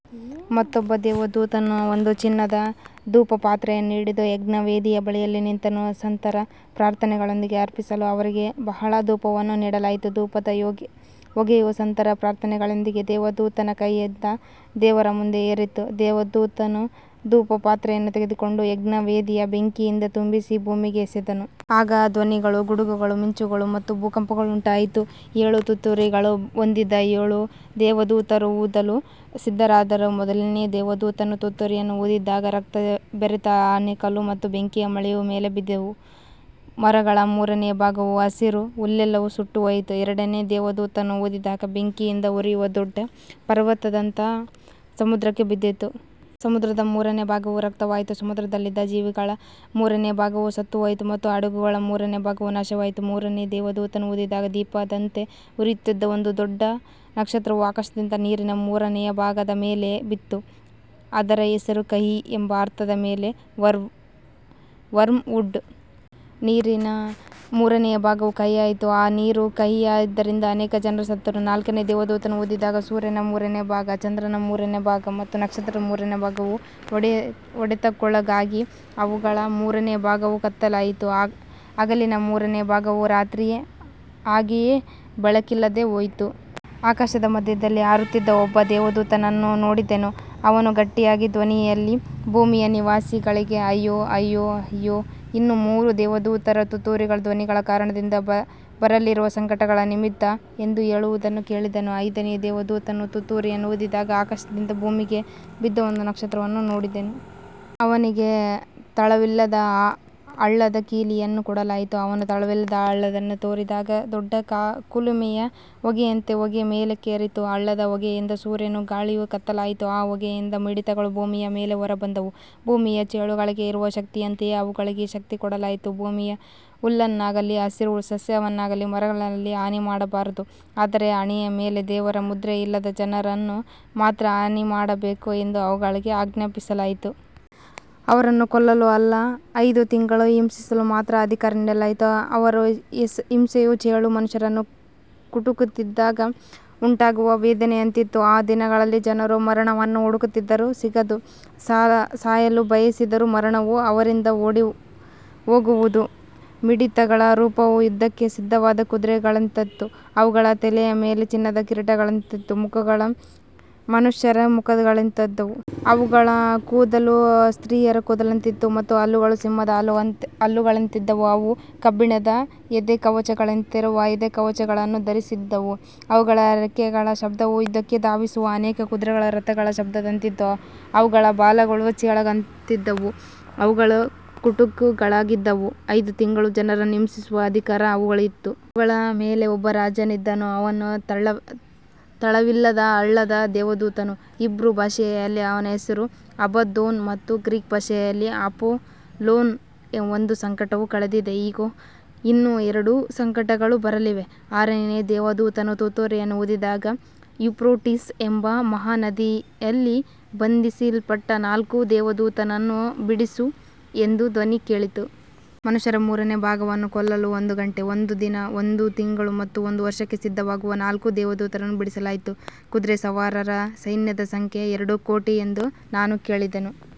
ಮತ್ತೊಬ್ಬ ದೇವದೂತನು ಬಂದು ಚಿನ್ನದ ಧೂಪಪಾತ್ರೆಯನ್ನು ಹಿಡಿದು ಯಜ್ಞವೇದಿಯ ಬಳಿಯಲ್ಲಿ ನಿಂತನು. ಸಂತರ ಪ್ರಾರ್ಥನೆಗಳೊಂದಿಗೆ ಅರ್ಪಿಸಲು ಅವನಿಗೆ ಬಹಳ ಧೂಪವನ್ನು ನೀಡಲಾಯಿತು. ಧೂಪದ ಹೊಗೆಯು ಸಂತರ ಪ್ರಾರ್ಥನೆಗಳೊಂದಿಗೆ ದೇವದೂತನ ಕೈಯಿಂದ ದೇವರ ಮುಂದೆ ಏರಿತು. ದೇವದೂತನು ಧೂಪಪಾತ್ರೆಯನ್ನು ತೆಗೆದುಕೊಂಡು ಯಜ್ಞವೇದಿಯ ಬೆಂಕಿಯಿಂದ ತುಂಬಿಸಿ ಭೂಮಿಗೆ ಎಸೆದನು. ಆಗ ಧ್ವನಿಗಳು, ಗುಡುಗುಗಳು, ಮಿಂಚುಗಳು ಮತ್ತು ಭೂಕಂಪವುಂಟಾಯಿತು. ಏಳು ತುತ್ತೂರಿಗಳನ್ನು ಹೊಂದಿದ್ದ ಏಳು ದೇವದೂತರು ಊದಲು ಸಿದ್ಧರಾದರು. ಮೊದಲನೆಯ ದೇವದೂತನು ತುತ್ತೂರಿಯನ್ನು ಊದಿದಾಗ ರಕ್ತ ಬೆರೆತ ಆಲಿಕಲ್ಲು ಮತ್ತು ಬೆಂಕಿಯು ಭೂಮಿಯ ಮೇಲೆ ಬಿದ್ದವು. ಮರಗಳ ಮೂರನೆಯ ಭಾಗವೂ ಹಸಿರು ಹುಲ್ಲೆಲ್ಲವೂ ಸುಟ್ಟುಹೋಯಿತು. ಎರಡನೆಯ ದೇವದೂತನು ಊದಿದಾಗ ಬೆಂಕಿಯಿಂದ ಉರಿಯುವ ದೊಡ್ಡ ಪರ್ವತದಂತದ್ದು ಸಮುದ್ರಕ್ಕೆ ಬಿದ್ದಿತು. ಸಮುದ್ರದ ಮೂರನೆಯ ಭಾಗವು ರಕ್ತವಾಯಿತು. ಸಮುದ್ರದಲ್ಲಿದ್ದ ಜೀವಿಗಳ ಮೂರನೆಯ ಭಾಗವು ಸತ್ತುಹೋಯಿತು ಮತ್ತು ಹಡಗುಗಳ ಮೂರನೆಯ ಭಾಗವು ನಾಶವಾಯಿತು. ಮೂರನೆಯ ದೇವದೂತನು ಊದಿದಾಗ ದೀಪದಂತೆ ಉರಿಯುತ್ತಿದ್ದ ಒಂದು ದೊಡ್ಡ ನಕ್ಷತ್ರವು ಆಕಾಶದಿಂದ ನೀರಿನ ಮೂರನೆಯ ಭಾಗದ ಮೇಲೆ ಬಿತ್ತು. ಅದರ ಹೆಸರು ಕಹಿ ಎಂಬ ಅರ್ಥದ ವರ್ಮವುಡ್. ನೀರಿನ ಮೂರನೆಯ ಭಾಗವು ಕಹಿಯಾಯಿತು. ಆ ನೀರು ಕಹಿಯಾಗಿದ್ದರಿಂದ ಅನೇಕ ಜನರು ಸತ್ತರು. ನಾಲ್ಕನೆಯ ದೇವದೂತನು ಊದಿದಾಗ ಸೂರ್ಯನ ಮೂರನೆಯ ಭಾಗ, ಚಂದ್ರನ ಮೂರನೆಯ ಭಾಗ ಮತ್ತು ನಕ್ಷತ್ರಗಳ ಮೂರನೆಯ ಭಾಗವು ಹೊಡೆತಕ್ಕೊಳಗಾಗಿ ಅವುಗಳ ಮೂರನೆಯ ಭಾಗವು ಕತ್ತಲಾಯಿತು. ಹಗಲಿನ ಮೂರನೆಯ ಭಾಗವೂ ರಾತ್ರಿ ಹಾಗೆಯೇ ಬೆಳಕಿಲ್ಲದೆ ಹೋಯಿತು. ಆಕಾಶದ ಮಧ್ಯದಲ್ಲಿ ಹಾರುತ್ತಿದ್ದ ಒಬ್ಬ ದೇವದೂತನನ್ನು ನೋಡಿದೆನು. ಅವನು ಗಟ್ಟಿಯಾದ ಧ್ವನಿಯಲ್ಲಿ, ಭೂಮಿಯ ನಿವಾಸಿಗಳಿಗೆ ಅಯ್ಯೋ, ಅಯ್ಯೋ, ಅಯ್ಯೋ, ಇನ್ನೂ ಮೂರು ದೇವದೂತರ ತುತ್ತೂರಿಗಳ ಧ್ವನಿಗಳ ಕಾರಣದಿಂದ ಬರಲಿರುವ ಸಂಕಟಗಳ ನಿಮಿತ್ತ ಎಂದು ಹೇಳುವುದನ್ನು ಕೇಳಿದೆನು. ಐದನೆಯ ದೇವದೂತನು ತುತ್ತೂರಿಯನ್ನು ಊದಿದಾಗ ಆಕಾಶದಿಂದ ಭೂಮಿಗೆ ಬಿದ್ದ ಒಂದು ನಕ್ಷತ್ರವನ್ನು ನೋಡಿದೆನು. ಅವನಿಗೆ ತಳವಿಲ್ಲದ ಹಳ್ಳದ ಕೀಲಿಯನ್ನು ಕೊಡಲಾಯಿತು. ಅವನು ತಳವಿಲ್ಲದ ಹಳ್ಳವನ್ನು ತೆರೆದಾಗ ದೊಡ್ಡ ಕುಲುಮೆಯ ಹೊಗೆಯಂತೆ ಹೊಗೆ ಮೇಲಕ್ಕೆದ್ದಿತು. ಹಳ್ಳದ ಹೊಗೆಯಿಂದ ಸೂರ್ಯನೂ ಗಾಳಿಯೂ ಕತ್ತಲಾದವು. ಆ ಹೊಗೆಯಿಂದ ಮಿಡತೆಗಳು ಭೂಮಿಯ ಮೇಲೆ ಹೊರಬಂದವು. ಭೂಮಿಯ ಚೇಳುಗಳಿಗೆ ಇರುವ ಶಕ್ತಿಯಂತೆಯೇ ಅವುಗಳಿಗೆ ಶಕ್ತಿ ಕೊಡಲಾಯಿತು. ಭೂಮಿಯ ಹುಲ್ಲನ್ನಾಗಲಿ ಹಸಿರು ಸಸ್ಯವನ್ನಾಗಲಿ ಮರಗಳನ್ನಾಗಲಿ ಹಾನಿಮಾಡಬಾರದು, ಆದರೆ ಹಣೆಯ ಮೇಲೆ ದೇವರ ಮುದ್ರೆಯಿಲ್ಲದ ಜನರನ್ನು ಮಾತ್ರ ಹಾನಿಮಾಡಬೇಕು ಎಂದು ಅವುಗಳಿಗೆ ಆಜ್ಞಾಪಿಸಲಾಯಿತು. ಅವರನ್ನು ಕೊಲ್ಲಲು ಅಲ್ಲ, ಐದು ತಿಂಗಳು ಹಿಂಸಿಸಲು ಮಾತ್ರ ಅಧಿಕಾರ ನೀಡಲಾಯಿತು. ಅವರ ಹಿಂಸೆಯು ಚೇಳು ಮನುಷ್ಯನನ್ನು ಕುಟುಕಿದಾಗ ಉಂಟಾಗುವ ವೇದನೆಯಂತಿತ್ತು. ಆ ದಿನಗಳಲ್ಲಿ ಜನರು ಮರಣವನ್ನು ಹುಡುಕಿದರೂ ಸಿಗದು. ಸಾಯಲು ಬಯಸಿದರೂ ಮರಣವು ಅವರಿಂದ ಓಡಿಹೋಗುವುದು. ಮಿಡತೆಗಳ ರೂಪವು ಯುದ್ಧಕ್ಕೆ ಸಿದ್ಧವಾದ ಕುದುರೆಗಳಂತಿತ್ತು. ಅವುಗಳ ತಲೆಯ ಮೇಲೆ ಚಿನ್ನದ ಕಿರೀಟಗಳಂತಿದ್ದು, ಮುಖಗಳು ಮನುಷ್ಯರ ಮುಖಗಳಂತಿದ್ದವು. ಅವುಗಳ ಕೂದಲು ಸ್ತ್ರೀಯರ ಕೂದಲಿನಂತಿತ್ತು ಮತ್ತು ಹಲ್ಲುಗಳು ಸಿಂಹದ ಹಲ್ಲುಗಳಂತಿದ್ದವು. ಅವು ಕಬ್ಬಿಣದ ಎದೆಕವಚಗಳಂತಿರುವ ಎದೆಕವಚಗಳನ್ನು ಧರಿಸಿದ್ದವು. ಅವುಗಳ ರೆಕ್ಕೆಗಳ ಶಬ್ದವು ಯುದ್ಧಕ್ಕೆ ಧಾವಿಸುವ ಅನೇಕ ಕುದುರೆಗಳ ರಥಗಳ ಶಬ್ದದಂತಿತ್ತು. ಅವುಗಳ ಬಾಲಗಳು ಚೇಳುಗಳಂತಿದ್ದು, ಅವುಗಳಲ್ಲಿ ಕುಟುಕುಗಳಿದ್ದವು. ಐದು ತಿಂಗಳು ಜನರನ್ನು ಹಿಂಸಿಸುವ ಅಧಿಕಾರ ಅವುಗಳಿಗೆ ಇತ್ತು. ಅವುಗಳ ಮೇಲೆ ಒಬ್ಬ ರಾಜನಿದ್ದನು. ಅವನು ತಳವಿಲ್ಲದ ಹಳ್ಳದ ದೇವದೂತನು. ಹೀಬ್ರೂ ಭಾಷೆಯಲ್ಲಿ ಅವನ ಹೆಸರು ಅಬದ್ದೋನ್ ಮತ್ತು ಗ್ರೀಕ್ ಭಾಷೆಯಲ್ಲಿ ಅಪೊಲ್ಯೋನ್. ಒಂದು ಸಂಕಟವು ಕಳೆದಿದೆ. ಇಗೋ, ಇನ್ನೂ ಎರಡು ಸಂಕಟಗಳು ಬರಲಿವೆ. ಆರನೆಯ ದೇವದೂತನು ತುತ್ತೂರಿಯನ್ನು ಊದಿದಾಗ, ಯೂಫ್ರೇಟಿಸ್ ಎಂಬ ಮಹಾನದಿಯಲ್ಲಿ ಬಂಧಿಸಲ್ಪಟ್ಟ ನಾಲ್ಕು ದೇವದೂತರನ್ನು ಬಿಡಿಸು ಎಂದು ಧ್ವನಿ ಕೇಳಿತು. ಮನುಷ್ಯರ ಮೂರನೆಯ ಭಾಗವನ್ನು ಕೊಲ್ಲಲು ಒಂದು ಗಂಟೆ, ಒಂದು ದಿನ, ಒಂದು ತಿಂಗಳು ಮತ್ತು ಒಂದು ವರ್ಷಕ್ಕೆ ಸಿದ್ಧವಾಗಿದ್ದ ನಾಲ್ಕು ದೇವದೂತರನ್ನು ಬಿಡಿಸಲಾಯಿತು. ಕುದುರೆಸವಾರರ ಸೈನ್ಯದ ಸಂಖ್ಯೆ ಎರಡು ಕೋಟಿ ಎಂದು ನಾನು ಕೇಳಿದೆನು.